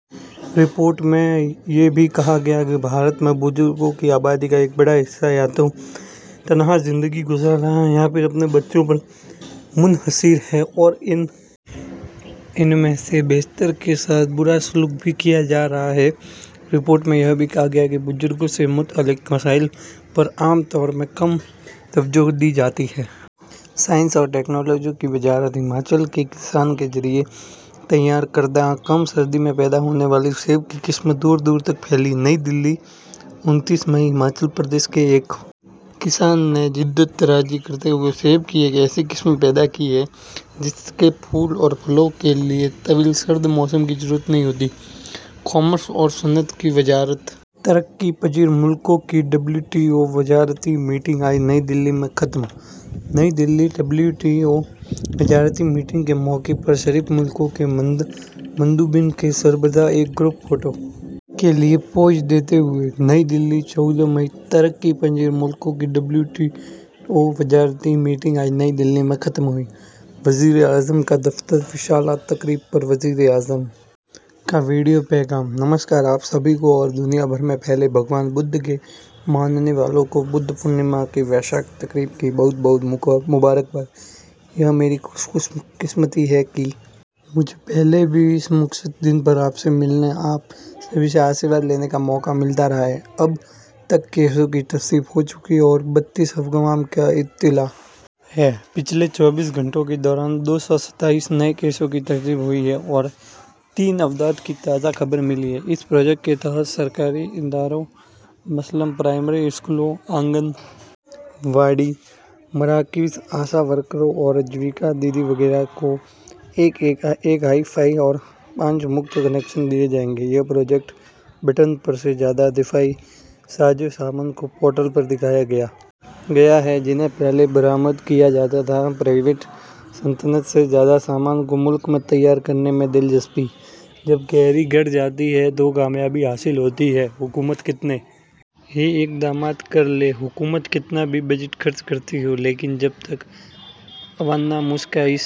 report میں یہ بھی کہا گیا ہے کہ بھارت میں بزرگوں کی آبادی کا ایک بڑا حصہ یا تو تنہا زندگی گزار رہا ہے یا پھر اپنے بچوں پر منحصر ہے اور ان میں سے بیشتر کے ساتھ برا سلوک بھی کیا جا رہا ہے رپورٹ میں یہ بھی کہا گیا ہے کہ بزرگوں سے متعلق مسائل پر عام طور پر کم توجہ دی جاتی ہے سائنس اور ٹیکنالوجی کی وزارت ہماچل کے کسان کے ذریعے تیار کردہ کم سردی میں پیدا ہونے والے سیب کی قسم دور دور تک پھیلی نئی دہلی انتیس مئی ہماچل پردیش کے ایک کسان نے جدت طرازی کرتے ہوئے سیب کی ایک ایسی قسم پیدا کی ہے جس کے پھول اور پھلوں کے لیے طویل سرد موسم کی ضرورت نہیں ہوتی کامرس اور صنعت کی وزارت ترقی پذیر ملکوں کی ڈبلیو ٹی او وزارتی میٹنگ آج نئی دہلی میں ختم New Delhi W T O وزارتی میٹنگ کے موقع پر شریک ملکوں کے مندوبین کے سربراہ ایک گروپ فوٹو کے لیے پوز دیتے ہوئے نئی دہلی چودہ مئی ترقی پذیر ملکوں کی ڈبلیو ٹی او وزارتی میٹنگ آج نئی دہلی میں ختم ہو گئی وزیراعظم کا دفتر ویشاکھ تقریب پر وزیر اعظم کا ویڈیو پیغام نمسکار آپ سبھی کو اور دنیا بھر میں پھیلے بھگوان بدھ کے ماننے والوں کو بدھ پورنیما کی ویشاکھ تقریب کی بہت بہت مبارکباد یہ میری خوش قسمتی ہے کہ مجھے پہلے بھی اس مقدس دن پر آپ سے ملنے آپ سبھی سے آشیرواد لینے کا موقع ملتا رہا ہے اب تک کیسوں کی تصدیق ہو چکی ہے اور بتیس اموات کی اطلاع ہے پچھلے چوبیس گھنٹے کے دوران دو سو ستائیس نئے کیسوں کی تصدیق ہوئی ہے اور تین اموات کی تازہ خبر ملی ہے اس پروجیکٹ کے تحت سرکاری اداروں مثلاً پرائمری اسکولوں آنگن واڑی مراکز آشا ورکروں اور جیویکا دیدی وغیرہ کو ایک وائی فائی اور پانچ مفت کنکشن دیے جائیں گے یہ پروجیکٹ بٹن پر سے زیادہ دفاعی ساز و سامان کو پورٹل پر دکھایا گیا ہے جنہیں پہلے درآمد کیا جاتا تھا پرائیویٹ صنعت نے سے زیادہ سامان کو ملک میں تیار کرنے میں دلچسپی جب گلہری جڑ جاتی ہے تو کامیابی حاصل ہوتی ہے حکومت کتنے ہی اقدامات کر لے حکومت کتنا ہی بجٹ خرچ کرتی ہو لیکن جب تک عوام الناس کا اس